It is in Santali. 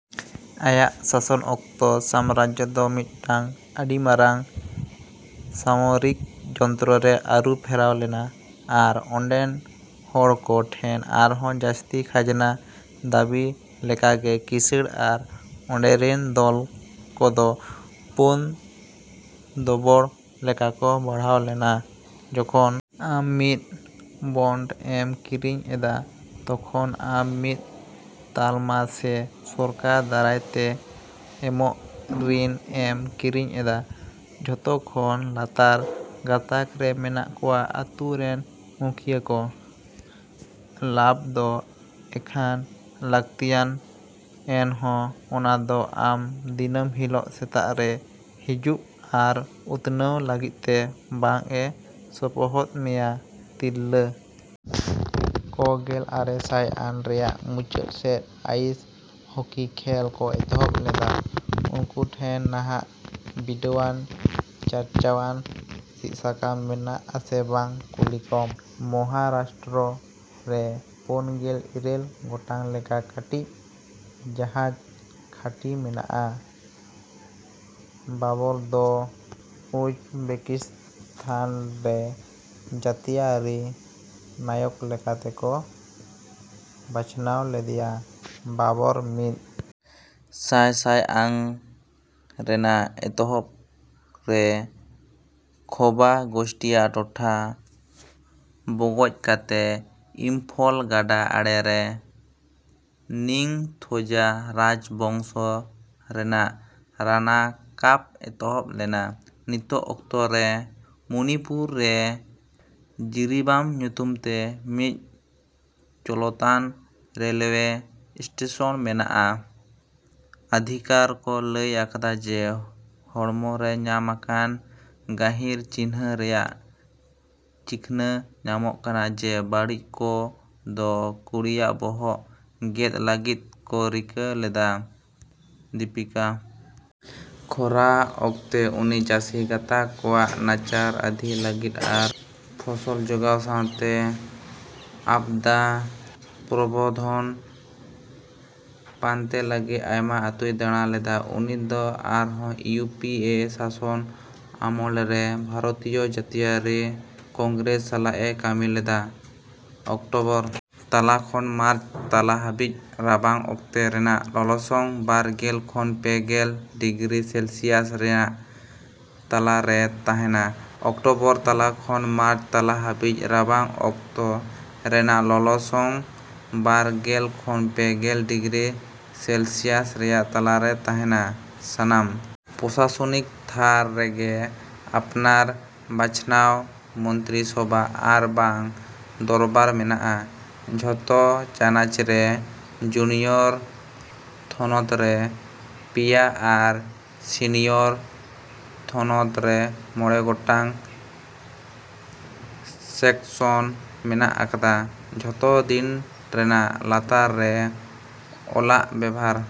ᱟᱭᱟᱜ ᱥᱟᱥᱚᱱ ᱚᱠᱛᱚ, ᱥᱟᱢᱨᱟᱡᱽᱡᱚ ᱫᱚ ᱢᱤᱫᱴᱟᱝ ᱟᱹᱰᱤ ᱢᱟᱨᱟᱝ ᱥᱟᱢᱚᱨᱤᱠ ᱡᱚᱱᱛᱨᱚ ᱨᱮ ᱟᱹᱨᱩ ᱯᱷᱮᱨᱟᱣ ᱞᱮᱱᱟ ᱟᱨ ᱚᱸᱰᱮᱱ ᱦᱚᱲ ᱠᱚ ᱴᱷᱮᱱ ᱟᱨᱦᱚᱸ ᱡᱟᱹᱥᱛᱤ ᱠᱷᱟᱡᱽᱱᱟ ᱫᱟᱹᱵᱤ ᱞᱮᱠᱟᱜᱮ ᱠᱤᱥᱟᱹᱲ ᱟᱨ ᱟᱠᱚᱨᱮᱱ ᱫᱚᱞ ᱠᱚᱫᱚ ᱯᱳᱱ ᱫᱚᱵᱚᱲ ᱞᱮᱠᱟ ᱠᱚ ᱵᱟᱲᱦᱟᱣ ᱞᱮᱱᱟ᱾ᱡᱚᱠᱷᱚᱱ ᱟᱢ ᱢᱤᱫ ᱵᱚᱱᱰ ᱮᱢ ᱠᱤᱨᱤᱧ ᱮᱫᱟ, ᱛᱚᱠᱷᱚᱱ ᱟᱢ ᱢᱤᱫ ᱛᱟᱞᱢᱟ ᱥᱮ ᱥᱚᱨᱠᱟᱨ ᱫᱟᱨᱟᱭ ᱛᱮ ᱮᱢᱚᱜ ᱨᱤᱱ ᱮᱢ ᱠᱤᱨᱤᱧ ᱮᱫᱟ᱾ᱡᱚᱛᱚ ᱠᱷᱚᱱ ᱞᱟᱛᱟᱨ ᱜᱟᱸᱛᱟᱠ ᱨᱮ ᱢᱮᱱᱟᱜ ᱠᱚᱣᱟ ᱟᱛᱩ ᱨᱮᱱ ᱢᱩᱠᱷᱤᱭᱟᱹ ᱠᱚ᱾ᱞᱟᱵᱷᱫᱚ ᱮᱱᱠᱷᱟᱱ ᱞᱟᱹᱠᱛᱤᱭᱟᱱ, ᱮᱱᱦᱚᱸ ᱚᱱᱟᱫᱚ ᱟᱢ ᱫᱤᱱᱟᱹᱢ ᱦᱤᱞᱳᱜ ᱥᱮᱛᱟᱜᱽᱨᱮ ᱦᱤᱡᱩᱜ ᱟᱨ ᱩᱛᱱᱟᱹᱣ ᱞᱟᱹᱜᱤᱫᱛᱮ ᱵᱟᱝᱼᱮ ᱥᱚᱯᱚᱦᱚᱫ ᱢᱮᱭᱟ᱾ᱛᱤᱨᱞᱟᱹ ᱠᱚ ᱜᱮᱞ ᱟᱨᱮ ᱥᱟᱭ ᱟᱱ ᱨᱮᱭᱟᱜ ᱢᱩᱪᱟᱹᱫ ᱥᱮᱫ ᱟᱭᱤᱥ ᱦᱚᱠᱤ ᱠᱷᱮᱞ ᱠᱚ ᱮᱛᱚᱦᱚᱵ ᱞᱮᱫᱟ᱾ᱩᱱᱠᱩ ᱴᱷᱮᱱ ᱱᱟᱦᱟᱜ ᱵᱤᱰᱟᱣᱟᱱᱼᱪᱟᱨᱪᱟᱣᱟᱱ ᱥᱤᱫᱥᱟᱠᱟᱢ ᱢᱮᱱᱟᱜ ᱟᱥᱮ ᱵᱟᱝ ᱠᱩᱞᱤᱠᱚᱢ᱾ᱢᱚᱦᱟᱨᱟᱥᱴᱨᱚ ᱨᱮ ᱯᱳᱱ ᱜᱮᱞ ᱤᱨᱟᱹᱞ ᱜᱚᱴᱟᱝ ᱞᱮᱠᱟ ᱠᱟᱹᱴᱤᱡ ᱡᱟᱦᱟᱡᱽ ᱜᱷᱟᱹᱴᱤ ᱢᱮᱱᱟᱜᱼᱟ᱾ᱵᱟᱵᱚᱨ ᱫᱚ ᱩᱡᱽᱵᱮᱠᱤᱥᱛᱟᱱ ᱨᱮᱱ ᱡᱟᱹᱛᱤᱭᱟᱹᱨᱤ ᱱᱟᱭᱚᱠ ᱞᱮᱠᱟᱛᱮᱠᱚ ᱵᱟᱪᱷᱱᱟᱣ ᱞᱮᱫᱮᱭᱟ᱾ᱵᱟᱵᱚᱨ, ᱢᱤᱫ ᱥᱟᱭᱥᱟᱭᱟᱝ ᱨᱮᱱᱟᱜ ᱮᱛᱚᱦᱵ ᱨᱮ, ᱠᱷᱟᱵᱟ ᱜᱳᱥᱴᱤᱭᱟᱜ ᱴᱚᱴᱷᱟ ᱵᱚᱜᱚᱡ ᱠᱟᱛᱮ, ᱤᱢᱯᱷᱚᱞ ᱜᱟᱰᱟ ᱟᱲᱮᱨᱮ ᱱᱤᱝᱛᱷᱳᱡᱟ ᱨᱟᱡᱽ ᱵᱚᱝᱥᱚ ᱨᱮᱱᱟᱜ ᱨᱟᱱᱟ ᱠᱟᱯ ᱮᱦᱚᱵ ᱞᱮᱱᱟ᱾ᱱᱤᱛᱚᱜ ᱚᱠᱛᱚ ᱨᱮ ᱢᱚᱱᱤᱯᱩᱨ ᱨᱮ ᱡᱤᱨᱤᱵᱟᱢ ᱧᱩᱛᱩᱢᱛᱮ ᱢᱤᱫ ᱪᱚᱞᱚᱛᱟᱱ ᱨᱮᱞᱣᱮ ᱥᱴᱮᱥᱚᱱ ᱢᱮᱱᱟᱜᱼᱟ᱾ᱟᱫᱷᱤᱠᱟᱨ ᱠᱚ ᱞᱟᱹᱭ ᱟᱠᱟᱫᱟ ᱡᱮ ᱦᱚᱲᱢᱚ ᱨᱮ ᱧᱟᱢ ᱟᱠᱟᱱ ᱜᱟᱹᱦᱤᱨ ᱪᱤᱱᱦᱟᱹ ᱨᱮᱱᱟᱜ ᱪᱤᱠᱷᱱᱟᱹ ᱧᱟᱢᱚᱜ ᱠᱟᱱᱟ ᱡᱮ ᱵᱟᱹᱲᱤᱡ ᱠᱚ ᱫᱚ ᱠᱩᱲᱤᱭᱟᱜ ᱵᱚᱦᱚᱜ ᱜᱮᱫᱽ ᱞᱟᱹᱜᱤᱫ ᱠᱚ ᱨᱤᱠᱟᱹ ᱞᱮᱫᱟ᱾ᱫᱤᱯᱤᱠᱟ ᱠᱷᱚᱨᱟ ᱚᱠᱛᱮ, ᱩᱱᱤ ᱪᱟᱹᱥᱤ ᱜᱟᱸᱛᱟᱠ ᱠᱚᱣᱟᱜ ᱱᱟᱪᱟᱨ ᱟᱹᱫᱷᱤ ᱞᱟᱹᱜᱤᱫ ᱟᱨ ᱯᱷᱚᱥᱚᱞ ᱡᱚᱜᱟᱣ ᱥᱟᱶᱛᱮ ᱟᱯᱫᱟ ᱯᱨᱚᱵᱚᱸᱫᱷᱚᱱ ᱯᱟᱱᱛᱮ ᱞᱟᱹᱜᱤᱫ ᱟᱭᱢᱟ ᱟᱹᱛᱩᱭ ᱫᱟᱲᱟ ᱞᱮᱫᱟ᱾ᱩᱱᱤᱫᱚ ᱟᱨᱦᱚᱸ ᱤᱭᱩ ᱯᱤ ᱮ ᱥᱟᱥᱚᱱ ᱟᱢᱚᱞ ᱨᱮ ᱵᱷᱟᱨᱚᱛᱤᱭᱚ ᱡᱟᱹᱛᱤᱭᱟᱹᱨᱤ ᱠᱚᱝᱜᱨᱮᱥ ᱥᱟᱞᱟᱜᱼᱮ ᱠᱟᱹᱢᱤ ᱞᱮᱫᱟ᱾ᱚᱠᱴᱚᱵᱚᱨ ᱛᱟᱞᱟ ᱠᱷᱚᱱ ᱢᱟᱨᱪ ᱛᱟᱞᱟ ᱦᱟᱹᱵᱤᱡ ᱨᱟᱵᱟᱝ ᱚᱠᱛᱚ ᱨᱮᱱᱟᱜ ᱞᱚᱞᱚᱥᱚᱝ ᱵᱟᱨ ᱜᱮᱞ ᱠᱷᱚᱱ ᱯᱮ ᱜᱮᱞ ᱰᱤᱜᱽᱨᱤ ᱥᱮᱞᱥᱤᱭᱟᱥ ᱨᱮᱭᱟᱜ ᱛᱟᱞᱟ ᱨᱮ ᱛᱟᱦᱮᱸᱱᱟ᱾ᱚᱠᱴᱚᱵᱚᱨ ᱛᱟᱞᱟ ᱠᱷᱚᱱ ᱢᱟᱨᱪ ᱛᱟᱞᱟ ᱦᱟᱹᱵᱤᱡ ᱨᱟᱵᱟᱝ ᱚᱠᱛᱚ ᱨᱮᱱᱟᱜ ᱞᱚᱞᱚᱥᱚᱝ ᱵᱟᱨ ᱜᱮᱞ ᱠᱷᱚᱱ ᱯᱮ ᱜᱮᱞ ᱰᱤᱜᱽᱨᱤ ᱥᱮᱞᱥᱤᱭᱟᱥ ᱨᱮᱭᱟᱜ ᱛᱟᱞᱟ ᱨᱮ ᱛᱟᱦᱮᱸᱱᱟ᱾ᱥᱟᱱᱟᱢ ᱯᱨᱚᱥᱟᱥᱚᱱᱤᱠ ᱛᱷᱟᱨ ᱨᱮᱜᱮ ᱟᱯᱱᱟᱨ ᱵᱟᱪᱷᱱᱟᱶ ᱢᱚᱱᱛᱨᱤ ᱥᱚᱵᱷᱟ ᱟᱨᱵᱟᱝ ᱫᱚᱨᱵᱟᱨ ᱢᱮᱱᱟᱜᱼᱟ᱾ᱡᱚᱛᱚ ᱪᱟᱱᱟᱪᱨᱮ ᱡᱩᱱᱤᱭᱚᱨ ᱛᱷᱚᱱᱚᱛ ᱨᱮ ᱯᱮᱭᱟ ᱟᱨ ᱥᱤᱱᱤᱭᱚᱨ ᱛᱷᱚᱱᱚᱛ ᱨᱮ ᱢᱚᱬᱮ ᱜᱚᱴᱟᱝ ᱥᱮᱠᱥᱚᱱ ᱢᱮᱱᱟᱜ ᱟᱠᱟᱫᱟ᱾ᱡᱚᱛᱚ ᱫᱤᱱ ᱨᱮᱱᱟᱜ ᱞᱟᱛᱟᱨ ᱨᱮ ᱚᱞᱟᱜ ᱵᱮᱵᱷᱟᱨ